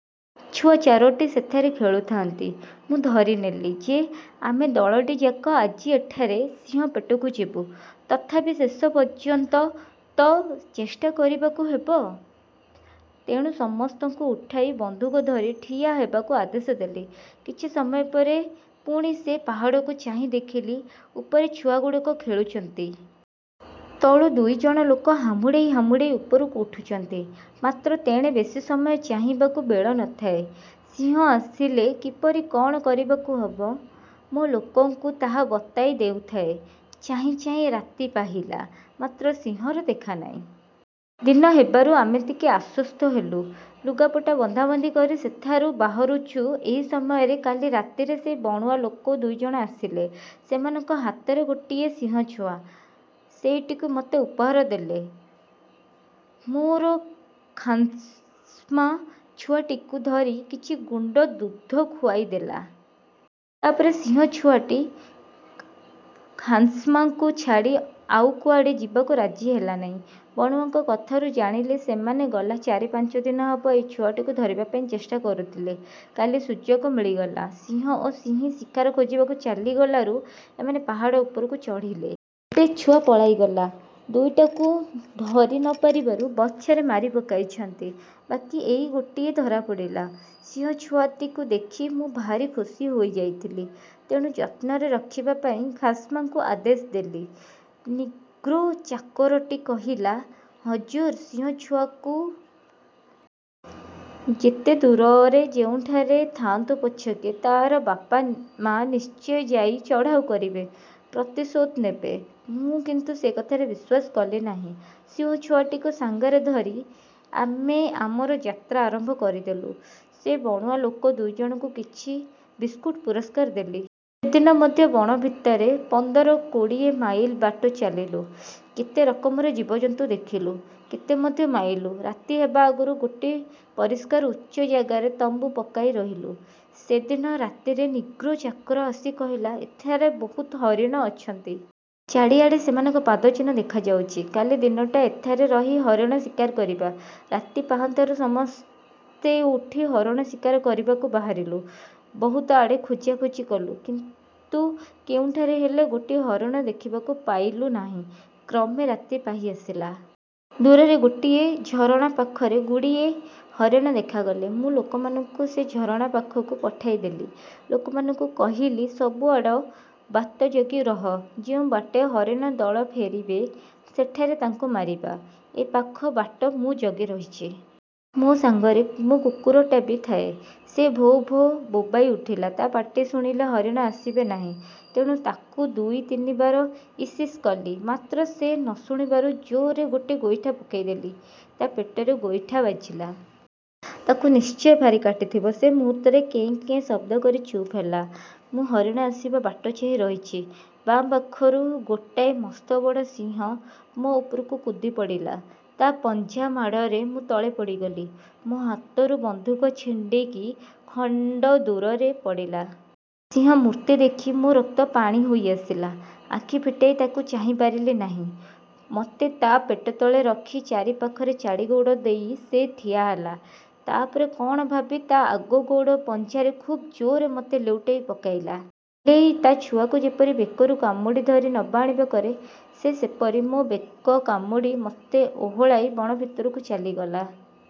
ଛୁଆ ଚାରୋଟି ସେଠାରେ ଖେଳୁଥାଆନ୍ତି। ମୁଁ ଧରିନେଲି ଯେ, ଆମେ ଦଳଟିଯାକ ଆଜି ଏଠାରେ ସିଂହ ପେଟକୁ ଯିବୁ। ତଥାପି ଶେଷ ପର୍ଯ୍ୟନ୍ତ ତ ଚେଷ୍ଟା କରିବାକୁ ହେବ। ତେଣୁ ସମସ୍ତଙ୍କୁ ଉଠାଇ ବନ୍ଧୁକ ଧରି ଠିଆ ହେବାକୁ ଆଦେଶ ଦେଲି। କିଛି ସମୟ ପରେ ପୁଣି ସେ ପାହାଡ଼କୁ ଚାହିଁ ଦେଖିଲି, ଉପରେ ଛୁଆଗୁଡ଼ିକ ଖେଳୁଛନ୍ତି-। ତଳୁ ଦୁଇ ଜଣ ଲୋକ ହାମୁଡ଼େଇ ହାମୁଡ଼େଇ ଉପରକୁ ଉଠୁଛନ୍ତି। ମାତ୍ର ତେଣେ ବେଶୀ ସମୟ ଚାହିଁବାକୁ ବେଳ ନ ଥାଏ। ସିଂହ ଆସିଲେ କିପରି କଅଣ କରିବାକୁ ହେବ, ମୋ ଲୋକଙ୍କୁ ତାହା ବତାଇ ଦେଉଥାଏଁ। ଚାହିଁ ଚାହିଁ ରାତି ପ। ହିଲା; ମାତ୍ର ସିଂହର ଦେଖା ନାହିଁ। ଦିନ ହେବାରୁ ଆମେ ଟିକିଏ ଆଶ୍ୱସ୍ତ ହେଲୁ। ଲୁଗାପଟା ବନ୍ଧାବନ୍ଧି କରି ସେଠାରୁ ବାହାରୁଛୁ, ଏହି ସମୟରେ କ। ଲି ରାତିର ସେ ବଣୁଆ ଲୋକ ଦୁଇ ଜଣ ଆସିଲେ। ସେମାନଙ୍କ ହାତରେ ଗୋଟିଏ ସିଂହଛୁଆ। ସେଇଟିକୁ ସେ ମୋତେ ଉପହାର ଦେଲେ। ମୋ ଖାନ୍ସମା ଛୁଆଟିକୁ ଧରି କିଛି ଗୁଣ୍ଡ ଦୁଧ ଖୁଆଇଦେଲା। ତା'ପରେ ସିଂହଛୁଆ ଖାନ୍ସମାକୁ ଛାଡ଼ି ଆଉ କୁଆଡ଼େ ଯିବାକୁ ରାଜି ହେଲା ନାହିଁ। ବଣୁଆଙ୍କ କଥାରୁ ଜାଣିଲି, ସେମାନେ ଗଲା ଚାରି ପାଞ୍ଚ ଦିନ ହେବ ଏ ଛୁଆକୁ ଧରିବା ପାଇଁ ଚେଷ୍ଟା କରୁଥିଲେ। କାଲି ସୁଯୋଗ ମିଳିଗଲା। ସିଂହ ଓ ସିଂହୀ ଶିକାର ଖୋଜିବାକୁ ଚାଲିଗଲାରୁ ଏମାନେ ପାହାଡ଼ ଉପରକୁ ଚଢ଼ିଲେ। ଗୋଟାଏ ଛୁଆ ପଳାଇଗଲା, ଦୁଇଟାକୁ ଧରି ନ ପାରିବାରୁ ବର୍ଚ୍ଛାରେ ମାରି ପକାଇଛନ୍ତି; ବାକି ଏଇ ଗୋଟିଏ ଧରା ପଡ଼ିଲା। ସିଂହଛୁଆଟିକୁ ଦେଖି ମୁଁ ଭାରି ଖୁସି ହୋଇ ଯାଇଥିଲି; ତେଣୁ ଯତ୍ନରେ ରଖିବା ପାଇଁ ଖାନ୍ସମାକୁ ଆଦେଶ ଦେଲି। ନିଗ୍ରୋ ଚାକରଟି କହିଲା, "ହଜୁର, ସିଂହଛୁଆ ରଖିବା ମହାବିପଦ। ଯେତେ ଦୂରରେ ଯେଉଁଠାରେ ଥାଆନ୍ତୁ ପଛକେ, ତା'ର ବାପ ମା' ନିଶ୍ଚୟ ଯାଇ ଚଢ଼ାଉ କରିବେ, ପ୍ରତିଶୋଧ ନେବେ"। ମୁଁ କିନ୍ତୁ ସେ କଥାରେ ବିଶ୍ୱାସ କଲି ନାହିଁ। ସିଂହଛୁଆଟିକୁ ସାଙ୍ଗରେ ଧରି ଆମେ ଆମର ଯାତ୍ରା ଆରମ୍ଭ କରିଦେଲୁ। ସେ ବଣୁଆଲୋକ ଦୁଇଜଣଙ୍କୁ କିଛି ବିସ୍କୁଟ୍ ପୁରସ୍କାର ଦେଲି। ସେଦିନ ମଧ୍ୟ ବଣ ଭିତରେ ପନ୍ଦର କୋଡ଼ିଏ ମାଇଲ ବାଟ ଚାଲିଲୁ। କେତେ ରକମର ଜୀବଜନ୍ତୁ ଦେଖିଲୁ, କେତେ ମଧ୍ୟ ମାଇଲୁ। ରାତି ହେବା ଆଗରୁ ଗୋଟିଏ ପରିଷ୍କାର ଉଚ୍ଚ ଜାଗାରେ ତମ୍ବୁ ପକାଇ ରହିଲୁ। ସେଦିନ ରାତିରେ ନିଗ୍ରୋ ଚାକର ଆସି କହିଲା, ''ଏଠାରେ ବହୁତ ହରିଣ ଅଛନ୍ତି। ଚାରିଆଡ଼େ ସେମାନଙ୍କ ପାଦ ଚିହ୍ନ ଦେଖାଯାଉଛି। କାଲି ଦିନଟା ଏଠାରେ ରହି ହରିଣ ଶିକାର କରିବା। '' ରାତି ପାହାନ୍ତାରୁ ସମସ୍ତେ ଉଠି ହରିଣ ଶିକାରକୁ ବାହାରିଲୁ। ବହୁତଆଡ଼ ଖୋଜାଖୋଜି କଲୁ; କିନ୍ତୁ କେଉଁଠାରେ ହେଲେ ଗୋଟିଏ ହରିଣ ଦେଖିବାକୁ ପାଇଲୁ ନାହିଁ। କ୍ରମେ ରାତି ପାହିଆସିଲା। ଦୂରରେ ଗୋଟାଏ ଝରଣା ପାଖରେ ଗୁଡ଼ିଏ ହରିଣ ଦେଖାଗଲେ। ମୁଁ ଲୋକମାନଙ୍କୁ ସେ ଝରଣା ପାଖକୁ ପଠାଇଦେଲି। ସେମାନଙ୍କୁ କହିଲି, ସବୁଆଡ଼ ବାଟ ଜଗି ରହ; ଯେଉଁ ବାଟେ ହରିଣ ଦଳ ଫେରିବେ, ସେଠାରେ ତାଙ୍କୁ ମାରିବା। ଏ ପାଖ ବାଟ ମଧ୍ୟ ମୁଁ ଜଗି ରହିଛି। ମୋ ସାଙ୍ଗରେ ମୋ କୁକୁରଟା ବି ଥାଏ। ସେ ଭୋ ଭୋ ବୋବାଇ ଉଠିଲା।। ତା' ପାଟି ଶୁଣିଲେ ହରିଣ ଆସିବେ ନାହିଁ; ତେଣୁ ତାକୁ ଦୁଇ ତିନିବାର ଇସ୍ଇସ୍ କଲି; ମାତ୍ର ସେ ନ ଶୁଣିବାରୁ ଜୋରରେ ଗୋଟାଏ ଗୋଇଠା ପକାଇଲି। ତା' ପେଟରେ ଗୋଇଠାଟା ବାଜିଲା। ତାକୁ ନିଶ୍ଚୟ ଭାରି କାଟିଥିବ। ସେ ମୁହୂର୍ତ୍ତେ କେଁ କେଁ ଶବ୍ଦକରି ଚୁପ୍ ହେଲା। ମୁଁ ହରିଣ ଆସିବା ବାଟ ଚାହିଁ ରହିଛି; ବାଁ ପାଖରୁ ଗୋଟାଏ ମସ୍ତବଡ଼ ସିଂହ ମୋ ଉପରକୁ କୁଦିପଡ଼ିଲା। ତା' ପଞ୍ଝା ମାଡ଼ରେ ମୁଁ ତଳେ ପଡ଼ିଗଲି। ମୋ ହାତରୁ ବନ୍ଧୁକ ଛିଡ଼ିକି ଖଣ୍ଡଦୂରରେ ପଡ଼ିଲା। ସିଂହର ମୂର୍ତ୍ତି ଦେଖି ମୋ ରକ୍ତ ପାଣି ହୋଇଆସିଲା; ଆଖି ଫିଟାଇ ତାକୁ ଚାହିଁପାରିଲି ନାହିଁ। ମୋତେ ତା' ପେଟତଳେ ରଖି ଚାରିପାଖରେ ଚାରି ଗୋଡ଼ ଦେଇ ସେ ଠିଆହେଲା। ତା'ପରେ କଅଣ ଭାବି ତା' ଆଗ ଗୋଡ଼ ପଞ୍ଝାରେ ଖୁବ ଜୋରରେ ମୋତେ ଲେଉଟାଇ ପକାଇଲା-। ବିଲେଇ ତା' ଛୁଆକୁ ଯେପରି ବେକରୁ କାମୁଡ଼ି ଧରି ନବା ଆଣିବା କରେ, ସେ ସେହିପରି ମୋ ବେକ କାମୁଡ଼ି ମୋତେ ଓହଳାଇ ବଣ ଭିତରକୁ ଚାଲିଗଲା।